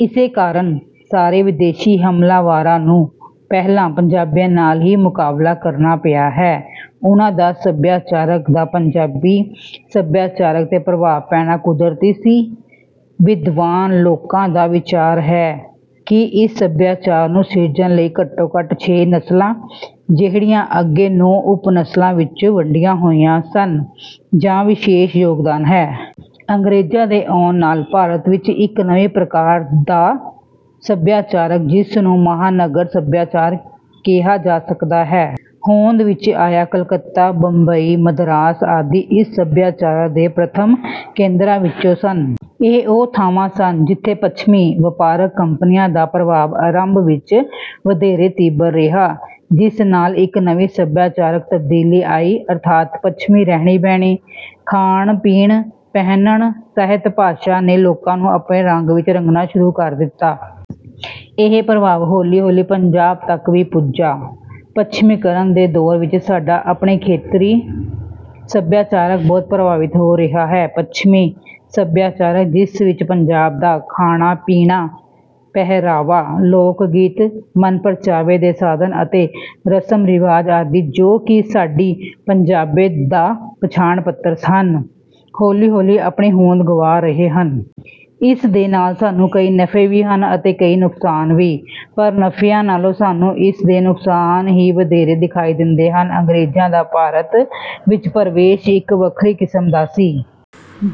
ਇਸੇ ਕਾਰਨ ਸਾਰੇ ਵਿਦੇਸ਼ੀ ਹਮਲਵਾਰਾਂ ਨੂੰ ਪਹਿਲਾਂ ਪੰਜਾਬੀਆਂ ਨਾਲ ਹੀ ਮੁਕਾਬਲਾ ਕਰਨਾ ਪਿਆ ਹੈ। ਉਨ੍ਹਾਂ ਦਾ ਸਭਿਆਚਾਰਕ ਦਾ ਪੰਜਾਬੀ ਸਭਿਆਚਾਰ 'ਤੇ ਪ੍ਰਭਾਵ ਪੈਣਾ ਕੁਦਰਤੀ ਸੀ। ਵਿਦਵਾਨ ਲੋਕਾਂ ਦਾ ਵਿਚਾਰ ਹੈ ਕਿ ਇਸ ਸਭਿਆਚਾਰ ਨੂੰ ਸਿਰਜਣ ਲਈ ਘੱਟੋ-ਘੱਟ ਛੇ ਨਸਲਾਂ, ਜਿਹੜੀਆਂ ਅੱਗੇ ਨੌਂ ਉਪ-ਨਸਲਾਂ ਵਿੱਚ ਵੰਡੀਆਂ ਹੋਈਆਂ ਸਨ, ਜਾਂ ਵਿਸ਼ੇਸ਼ ਯੋਗਦਾਨ ਹੈ। ਅੰਗਰੇਜ਼ਾਂ ਦੇ ਆਉਣ ਨਾਲ ਭਾਰਤ ਵਿੱਚ ਇੱਕ ਨਵੀਂ ਪ੍ਰਕਾਰ ਦਾ ਸਭਿਆਚਾਰ, ਜਿਸ ਨੂੰ "ਮਹਾਨਗਰ" ਸਭਿਆਚਾਰ ਕਿਹਾ ਜਾ ਸਕਦਾ ਹੈ, ਹੋਂਦ ਵਿੱਚ ਆਇਆ। ਕਲਕੱਤਾ, ਬੰਬਈ, ਮਦਰਾਸ ਆਦਿ ਇਸ ਸਭਿਆਚਾਰ ਦੇ ਪ੍ਰਥਮ ਕੇਂਦਰਾਂ ਵਿੱਚੋਂ ਸਨ। ਇਹ ਉਹ ਥਾਵਾਂ ਸਨ ਜਿੱਥੇ ਪੱਛਮੀ ਵਪਾਰਕ ਕੰਪਨੀਆਂ ਦਾ ਪ੍ਰਭਾਵ ਆਰੰਭ ਵਿੱਚ ਵਧੇਰੇ ਤੀਬਰ ਰਿਹਾ, ਜਿਸ ਨਾਲ ਇੱਕ ਨਵੀਂ ਸਭਿਆਚਾਰਕ ਤਬਦੀਲੀ ਆਈ। ਅਰਥਾਤ ਪੱਛਮੀ ਰਹਿਣੀ-ਬਹਿਣੀ, ਖਾਣ-ਪੀਣ, ਪਹਿਨਣ, ਸਾਹਿਤ, ਭਾਸ਼ਾ ਨੇ ਲੋਕਾਂ ਨੂੰ ਆਪਣੇ ਰੰਗ ਵਿੱਚ ਰੰਗਣਾ ਸ਼ੁਰੂ ਕਰ ਦਿੱਤਾ। ਇਹ ਪ੍ਰਭਾਵ ਹੌਲੀ-ਹੌਲੀ ਪੰਜਾਬ ਤੱਕ ਵੀ ਪੁੱਜਾ। ਪੱਛਮੀਕਰਨ ਦੇ ਦੌਰ ਵਿੱਚ ਸਾਡਾ ਆਪਣਾ ਖੇਤਰੀ ਸਭਿਆਚਾਰ ਬਹੁਤ ਪ੍ਰਭਾਵਿਤ ਹੋ ਰਿਹਾ ਹੈ। ਪੱਛਮੀ ਸਭਿਆਚਾਰ, ਜਿਸ ਵਿੱਚ ਪੰਜਾਬ ਦਾ ਖਾਣਾ-ਪੀਣਾ, ਪਹਿਰਾਵਾ, ਲੋਕ-ਗੀਤ, ਮਨ-ਪ੍ਰਚਾਵੇ ਦੇ ਸਾਧਨ ਅਤੇ ਰਸਮ-ਰਿਵਾਜ ਆਦਿ ਜੋ ਕਿ ਸਾਡੀ ਪੰਜਾਬੀਅਤ ਦਾ ਪਛਾਣ-ਪੱਤਰ ਸਨ, ਹੌਲੀ-ਹੌਲੀ ਆਪਣੀ ਹੋਂਦ ਗੁਆ ਰਹੇ ਹਨ। ਇਸ ਦੇ ਨਾਲ ਸਾਨੂੰ ਕਈ ਨਫ਼ੇ ਵੀ ਹਨ ਅਤੇ ਕਈ ਨੁਕਸਾਨ ਵੀ। ਪਰ ਨਫ਼ਿਆਂ ਨਾਲੋਂ ਸਾਨੂੰ ਇਸਦੇ ਨੁਕਸਾਨ ਹੀ ਵਧੇਰੇ ਦਿਖਾਈ ਦਿੰਦੇ ਹਨ। ਅੰਗਰੇਜ਼ਾਂ ਦਾ ਭਾਰਤ ਵਿੱਚ ਪ੍ਰਵੇਸ਼ ਇੱਕ ਵੱਖਰੀ ਕਿਸਮ ਦਾ ਸੀ,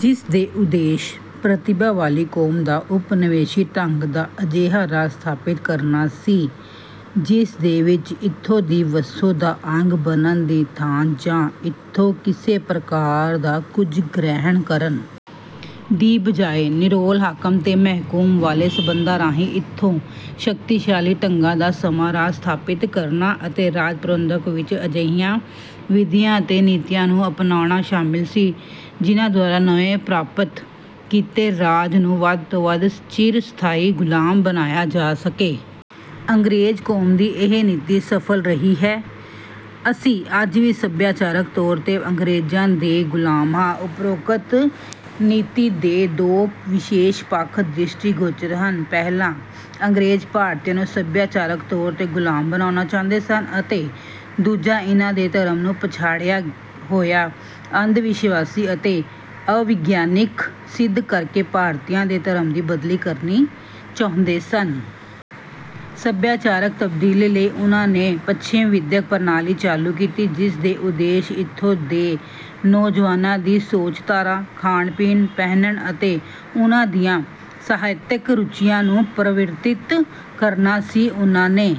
ਜਿਸ ਦੇ ਉਦੇਸ਼ ਪ੍ਰਤਿਭਾ ਵਾਲੀ ਕੌਮ ਦਾ ਉਪਨਿਵੇਸ਼ੀ ਢੰਗ ਦਾ ਅਜਿਹਾ ਰਾਜ ਸਥਾਪਿਤ ਕਰਨਾ ਸੀ, ਜਿਸਦੇ ਵਿੱਚ ਇੱਥੋਂ ਦੀ ਵਸੋਂ ਦਾ ਅੰਗ ਬਣਨ ਦੀ ਥਾਂ ਜਾਂ ਇੱਥੋਂ ਕਿਸੇ ਪ੍ਰਕਾਰ ਦਾ ਕੁਝ ਗ੍ਰਹਿਣ ਕਰਨ ਦੀ ਬਜਾਏ, ਨਿਰੋਲ ਹਾਕਮ ਤੇ ਮਹਿਕੂਮ ਵਾਲੇ ਸੰਬੰਧਾਂ ਰਾਹੀਂ ਇਥੋਂ ਸ਼ਕਤੀਸ਼ਾਲੀ ਢੰਗਾਂ ਦਾ ਸਾਮਰਾਜ ਸਥਾਪਿਤ ਕਰਨਾ ਅਤੇ ਰਾਜ-ਪ੍ਰਬੰਧ ਵਿੱਚ ਅਜਿਹੀਆਂ ਵਿਧੀਆਂ ਤੇ ਨੀਤੀਆਂ ਨੂੰ ਅਪਨਾਉਣਾ ਸ਼ਾਮਿਲ ਸੀ, ਜਿਨ੍ਹਾਂ ਦੁਆਰਾ ਨਵੇਂ ਪ੍ਰਾਪਤ ਕੀਤੇ ਰਾਜ ਨੂੰ ਵੱਧ ਤੋਂ ਵੱਧ ਚਿਰ ਸਥਾਈ ਗ਼ੁਲਾਮ ਬਣਾਇਆ ਜਾ ਸਕੇ। ਅੰਗਰੇਜ਼ ਕੌਮ ਦੀ ਇਹ ਨੀਤੀ ਸਫਲ ਰਹੀ ਹੈ। ਅਸੀਂ ਅੱਜ ਵੀ ਸਭਿਆਚਾਰਕ ਤੌਰ 'ਤੇ ਅੰਗਰੇਜ਼ਾਂ ਦੇ ਗੁਲਾਮ ਹਾਂ। ਉਪਰੋਕਤ ਨੀਤੀ ਦੇ ਦੋ ਵਿਸ਼ੇਸ਼ ਪੱਖ ਦ੍ਰਿਸ਼ਟੀਗੋਚਰ ਹਨ। ਪਹਿਲਾ, ਅੰਗਰੇਜ਼ ਭਾਰਤੀਆਂ ਨੂੰ ਸਭਿਆਚਾਰਕ ਤੌਰ 'ਤੇ ਗ਼ੁਲਾਮ ਬਣਾਉਣਾ ਚਾਹੁੰਦੇ ਸਨ, ਅਤੇ ਦੂਜਾ, ਇਨ੍ਹਾਂ ਦੇ ਧਰਮ ਨੂੰ ਪਛੜਿਆ ਹੋਇਆ, ਅੰਧ-ਵਿਸ਼ਵਾਸੀ ਅਤੇ ਅਵਿਗਿਆਨਕ ਸਿੱਧ ਕਰਕੇ ਭਾਰਤੀਆਂ ਦੇ ਧਰਮ ਦੀ ਬਦਲੀ ਕਰਨੀ ਚਾਹੁੰਦੇ ਸਨ। ਸਭਿਆਚਾਰਕ ਤਬਦੀਲੀ ਲਈ ਉਨ੍ਹਾਂ ਨੇ ਪੱਛਮੀ ਵਿਦਿਅਕ ਪ੍ਰਣਾਲੀ ਚਾਲੂ ਕੀਤੀ, ਜਿਸ ਦਾ ਉਦੇਸ਼ ਇੱਥੋਂ ਦੇ ਨੌਜਵਾਨਾਂ ਦੀ ਸੋਚ-ਧਾਰਾ, ਖਾਣ-ਪੀਣ, ਪਹਿਨਣ ਅਤੇ ਉਨ੍ਹਾਂ ਦੀਆਂ ਸਾਹਿਤਿਕ ਰੁਚੀਆਂ ਨੂੰ ਪਰਿਵਰਤਿਤ ਕਰਨਾ ਸੀ। ਉਨ੍ਹਾਂ ਨੇ